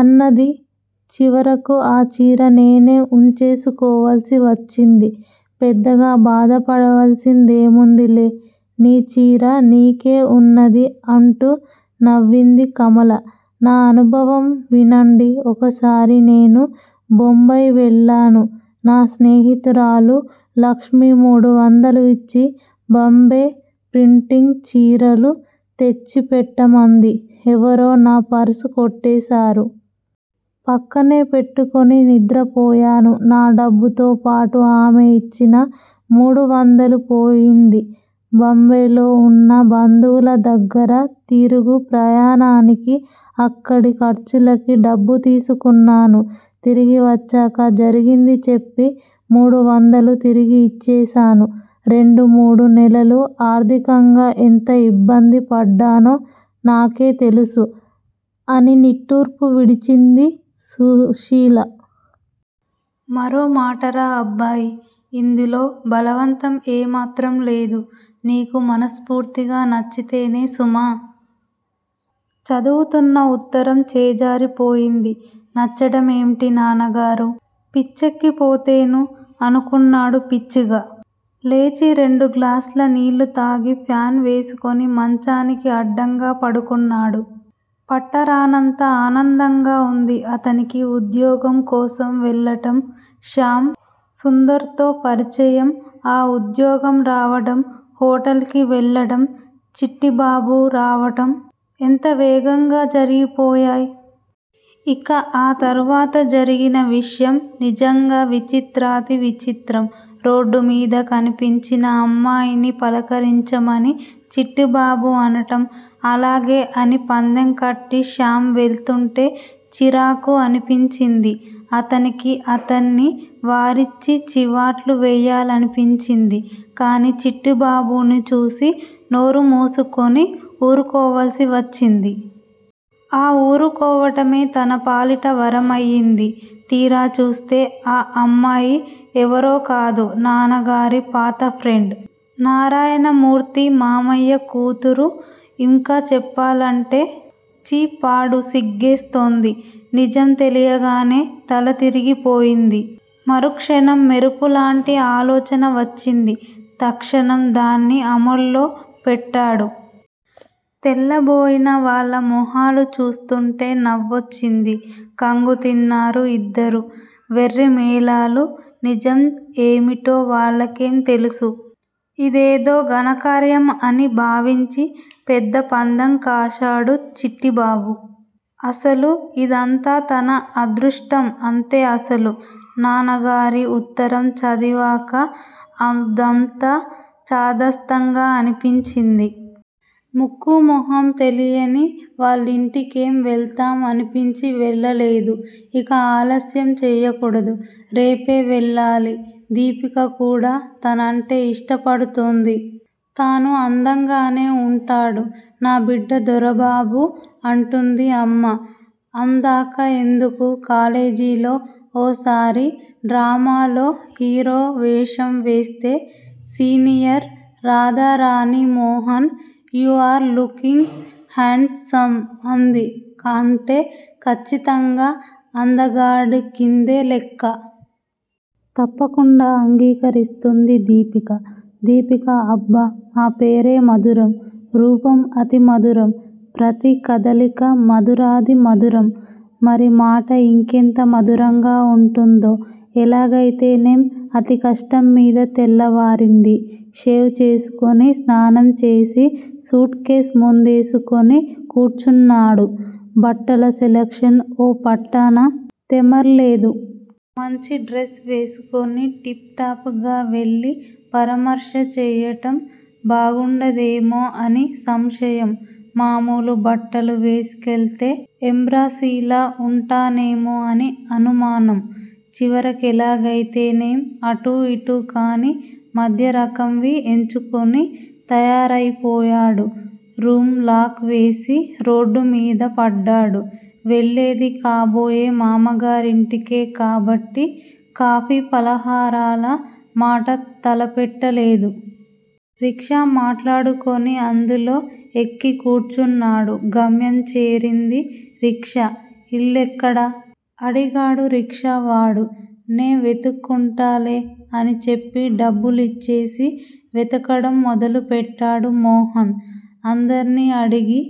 అన్నది. చివరకు ఆ చీర నేనే ఉంచేసుకోవాల్సివచ్చింది. పెద్దగా బాధపడాల్సిందేముందిలే నీ చీర నీకే ఉన్నది అంటూ నవ్వింది కమల. నా అనుభవం వినండి. ఒకసారి నేను బొంబాయి వెళ్ళాను. నా స్నేహితురాలు లక్ష్మి మూడువందలు ఇచ్చి బాంబే ప్రింటింగు చీరెలు తెచ్చిపెట్టమన్నది. ఎవరో నా పర్సు కొట్టేశారు. ప్రక్కనే పెట్టుకొని నిద్రపోయాను. నా డబ్బుతో పాటు ఆమె ఇచ్చిన మూడువందలు పోయింది. బాంబేలో ఉన్న బంధువుల దగ్గర తిరుగు ప్రయాణానికీ అక్కడి ఖర్చులకి డబ్బు తీసుకున్నాను. తిరిగి వచ్చాక జరిగింది చెప్పి మూడువందలు తిరిగి ఇచ్చేశాను. రెండు మూడు నెలలు ఆర్థికంగా ఎంత ఇబ్బంది పడ్డానో నాకే తెలుసు అని నిట్టూర్పు విడిచింది సుశీల. మరో మాటరా! అబ్బాయ్ ఇందులో బలవంతం ఏ మాత్రం లేదు. నీకు మనస్ఫూర్తిగా నచ్చితేనే సుమా! చదువుతున్న ఉత్తరం చేజారిపోయింది. నచ్చడం ఏమిటి నాన్నగారూ! పిచ్చెక్కిపోతెనూ! అనుకున్నాడు పిచ్చిగా. లేచి రెండు గ్లాసుల నీళ్ళు తాగి ఫాన్ వేసుకుని మంచానికి అడ్డంగా పడుకున్నాడు. పట్టరానంత ఆనందంగా ఉంది అతనికి ఉద్యోగం కోసం వెళ్ళడం శ్యామ్ సుందర్ తో పరిచయం ఆ ఉద్యోగం రావడం హొటల్ కి వెళ్ళడం చిట్టిబాబు రావడం ఎంత వేగంగా జరిగిపోయాయి? ఇక ఆ తరువాత జరిగిన విషయం నిజంగా విచిత్రాతి విచిత్రం. రోడ్ మీద కనిపించిన అమ్మాయిని పలకరించమని చిట్టిబాబు అనడం అలాగే అని పందెం కట్టి శ్యామ్ వెళ్తుంటే చిరాకు అనిపించింది తనకి. అతన్ని వారించి చివాట్లు వెయ్యాలనిపించింది. కానీ చిట్టిబాబుని చూసి నోరు మూసుకుని ఊరుకోవాల్సివచ్చింది. ఆ ఊరుకోవడమే తన పాలిట వరం అయింది. తీరా చూస్తే ఆ అమ్మాయి ఎవరో కాదు నాన్నగారి పాత ఫ్రెండ్ నారాయణమూర్తి మామయ్య కూతురు. ఇంకా చెప్పాలంటే! ఛీ పాడు సిగ్గేస్తుంది. నిజం తెలియగానే తల తిరిగిపోయింది. మరుక్షణం మెరుపులాంటి ఆలోచన వచ్చింది. తక్షణం దాన్ని అమల్లో పెట్టాడు. తెల్లబోయిన వాళ్ళ మొహాలు చూస్తుంటే నవ్వొచ్చింది. ఖంగు తిన్నారు ఇద్దరూ. వెర్రిమేళాలు నిజం ఏమిటో వాళ్ళకేం తెలుసు? ఇదేదో ఘనకార్యం అని భావించి పెద్ద పందెం కాశాడు చిట్టిబాబు. అసలు యిదంతా తన అదృష్టం అంతే అసలు నాన్నగారి ఉత్తరం చదివాక అదంతా చాదస్తంగా అనిపించింది. ముక్కు మొఖం తెలియని వాళ్ళింటికి ఏం వెళ్తాం అనిపించి వెళ్ళలేదు. ఇక ఆలస్యం చెయ్యకూడదు. రేపే వెళ్ళాలి. దీపిక కూడా తనంటే ఇష్టపడుతుంది. తాను అందంగానే ఉంటాడు. నా బిడ్డ దొరబాటు అంటుంది అమ్మ. అందాకా ఎందుకూ కాలేజీలో ఓ సారి డ్రామాలో హీరో వేషం వేస్తే senior Radharani Mohan you are looking handsome అంది అంటే ఖచ్చితంగా అందగాడి కిందే లెక్క. తప్పకుండా అంగీకరిస్తుంది దీపిక. దీపిక అబ్బ ఆ పేరే మధురం రూపం అతి మధురం ప్రతికదలికా మధురాతి మధురం. మరి మాట యింకెంత మధురంగా ఉంటుందో! ఎలాగైతేనేం అతికష్టంమీద తెల్లవారింది. షేవ్ చేసుకుని స్నానం చేసి సూట్ కేస్ ముందేసుకుని కూర్చున్నాడు. బట్టల సెలక్షన్ ఓ పట్టాన తెమల్లేదు. మంచిడ్రస్ వేసుకుని టిప్ టాప్ గా వెళ్ళి పరామర్శ చెయ్యడం బాగుండదేమో అని సంశయం మామూలు బట్టలు వేసుకెళ్తే ఎం బ్రాసిలా ఉంటానేమో అని అనుమానం. చివరికెలాగైతేనేం అటూ ఇటూ కానీ మధ్యరకంవి ఎంచుకుని తయారైపోయాడు. రూమ్ లాక్ వేసి రోడ్డుమీద పడ్డాడు. వెళ్ళేది కాబోయే మామగారింటికే కాబట్టి కాఫీ ఫలహారాల మాట తలపెట్టలేదు. రిక్షా మాట్లాడుకుని అందులో ఎక్కి కూర్చున్నాడు. గమ్యం చేరింది రిక్షా. ఇల్లెక్కడ? అడిగాడు రిక్షావాడు నే వెతుక్కుంటాలే అని చెప్పి డబ్బులిచ్చేసి వెతకడం మొదలు పెట్టాడు మోహన్. అందర్నీ అడిగి